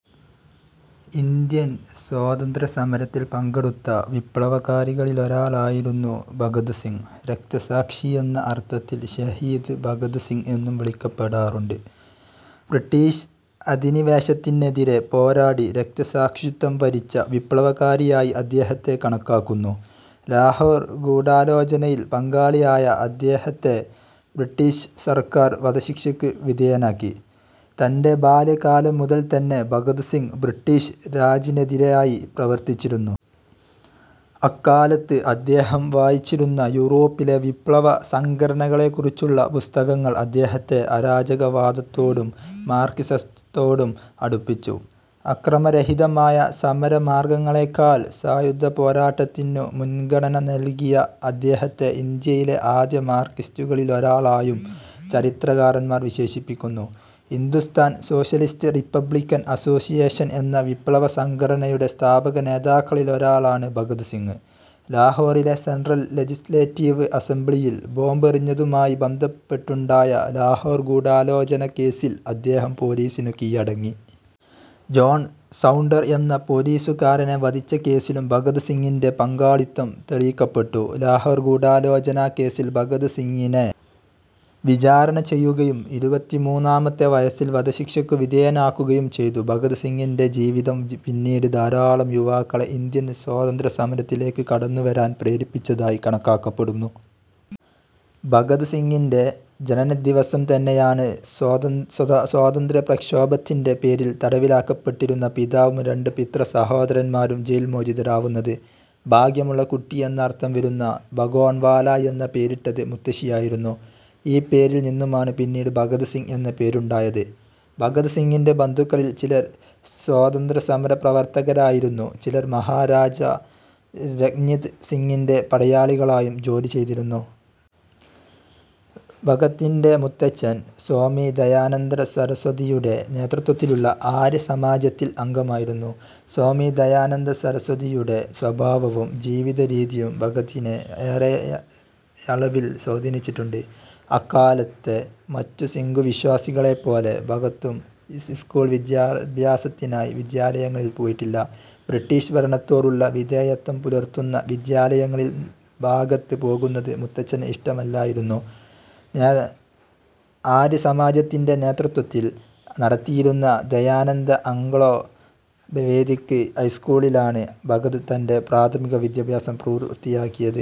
Indian സ്വാതന്ത്ര്യ സമരത്തിൽ പങ്കെടുത്ത വിപ്ലവകാരികളിലൊരാളായിരുന്നു ഭഗത് സിംഗ്. രക്തസാക്ഷി എന്ന അർത്ഥത്തിൽ ശഹീദ് ഭഗത് സിങ് എന്നും വിളിക്കപ്പെടാറുണ്ട്. ബ്രിട്ടീഷ് അധിനിവേശത്തിനെതിരെ പോരാടി രക്തസാക്ഷിത്വം വരിച്ച വിപ്ലവകാരിയായി അദ്ദേഹത്തെ കണക്കാക്കുന്നു. ലാഹോർ ഗൂഢാലോചനയിൽ പങ്കാളിയായ അദ്ദേഹത്തെ ബ്രിട്ടീഷ് സർക്കാർ വധശിക്ഷക്ക് വിധേയനാക്കി. തന്റെ ബാല്യകാലം മുതൽതന്നെ ഭഗത് സിംഗ്, ബ്രിട്ടീഷ് രാജിനെതിരായി പ്രവർത്തിച്ചിരുന്നു. അക്കാലത്ത് അദ്ദേഹം വായിച്ചിരുന്ന യൂറോപിലെ വിപ്ലവ സംഘടനകളെക്കുറിച്ചുള്ള പുസ്തകങ്ങൾ അദ്ദേഹത്തെ അരാജകവാദത്തോടും മാർക്സിസത്തോടും അടുപ്പിച്ചു. അക്രമരഹിതമായ സമരമാർഗങ്ങളേക്കാൾ സായുധപോരാട്ടത്തിനു മുൻഗണന നൽകിയ അദ്ദേഹത്തെ ഇന്ത്യയിലെ ആദ്യ മാർക്സിസ്റ്റുകളിലൊരാളായും ചരിത്രകാരന്മാർ വിശേഷിപ്പിക്കുന്നു. ഹിന്ദുസ്ഥാൻ സോഷ്യലിസ്റ്റ് റിപ്പബ്ലിക്കൻ അസ്സോസ്സിയേഷൻ എന്ന വിപ്ലവസംഘടനയുടെ സ്ഥാപകനേതാക്കളിലൊരാളാണ് ഭഗത് സിംഗ്. ലാഹോറിലെ സെൻട്രൽ ലെജിസ്ലേറ്റീവ് അസംബ്ലിയിൽ ബോംബെറിഞ്ഞതുമായി ബന്ധപ്പെട്ടുണ്ടായ ലാഹോർ ഗൂഢാലോചനക്കേസിൽ അദ്ദേഹം പോലീസിനു കീഴടങ്ങി. ജോൺ സൗണ്ടർ എന്ന പോലീസുകാരനെ വധിച്ച കേസിലും ഭഗത് സിംഗിന്റെ പങ്കാളിത്തം തെളിയിക്കപ്പെട്ടു. ലാഹോർ ഗൂഢാലോചനാ കേസ്സിൽ ഭഗത് സിംഗിനെ വിചാരണ ചെയ്യുകയും ഇരുപത്തിമൂന്നാമത്തെ വയസ്സിൽ വധശിക്ഷക്കു വിധേയനാക്കുകയും ചെയ്തു. ഭഗത് സിംഗിന്റെ ജീവിതം പിന്നീട് ധാരാളം യുവാക്കളെ ഇന്ത്യൻ സ്വാതന്ത്ര്യസമരത്തിലേക്ക് കടന്നുവരാൻ പ്രേരിപ്പിച്ചതായി കണക്കാക്കപ്പെടുന്നു. ഭഗത് സിംഗിന്റെ ജനനദിവസം തന്നെയാണ് സ്വാതന്ത്ര്യപ്രക്ഷോഭത്തിന്റെ പേരിൽ തടവിലാക്കപ്പെട്ടിരുന്ന പിതാവും രണ്ട് പിതൃസഹോദരന്മാരും ജയിൽമോചിതരാവുന്നത്. ഭാഗ്യമുള്ള കുട്ടി എന്നർത്ഥം വരുന്ന ഭഗോൺവാല എന്ന പേരിട്ടത് മുത്തശ്ശിയായിരുന്നു. ഈ പേരിൽ നിന്നുമാണ് പിന്നീട് ഭഗത് സിംഗ് എന്ന പേരുണ്ടായത്. ഭഗത് സിംഗിന്റെ ബന്ധുക്കളിൽ ചിലർ സ്വാതന്ത്ര്യസമരപ്രവർത്തകരായിരുന്നു, ചിലർ മഹാരാജാ രഗ്നിത് സിങ്ങിന്റെ പടയാളികളായും ജോലി ചെയ്തിരുന്നു. ഭഗത്തിന്റെ മുത്തച്ഛൻ, സ്വാമി ദയാനന്ദസരസ്വതിയുടെ നേതൃത്വത്തിലുള്ള ആര്യസമാജത്തിൽ അംഗമായിരുന്നു. സ്വാമി ദയാനന്ദസരസ്വതിയുടെ സ്വഭാവവും ജീവിതരീതിയും ഭഗത്തിനെ ഏറെയളവിൽ സ്വാധീനിച്ചിട്ടുണ്ട്. അക്കാലത്തെ മറ്റു സിഖു വിശ്വാസികളെപ്പോലെ ഭഗത്തും സ്കൂൾ വിദ്യാഭ്യാസത്തിനായി വിദ്യാലയങ്ങളിൽ പോയിട്ടില്ല. ബ്രിട്ടീഷ് ഭരണത്തോടു വിധേയത്വം പുലർത്തുന്ന വിദ്യാലയങ്ങളിൽ ഭഗത്ത് പോകുന്നത് മുത്തച്ഛന് ഇഷ്ടമല്ലായിരുന്നു. ആര്യസമാജത്തിന്റെ നേതൃത്വത്തിൽ നടത്തിയിരുന്ന ദയാനന്ദ ആംഗ്ലോ വേദിക്ക് ഹൈസ്കൂളിലാണ് ഭഗത് തന്റെ പ്രാഥമിക വിദ്യാഭ്യാസം പൂർത്തിയാക്കിയത്.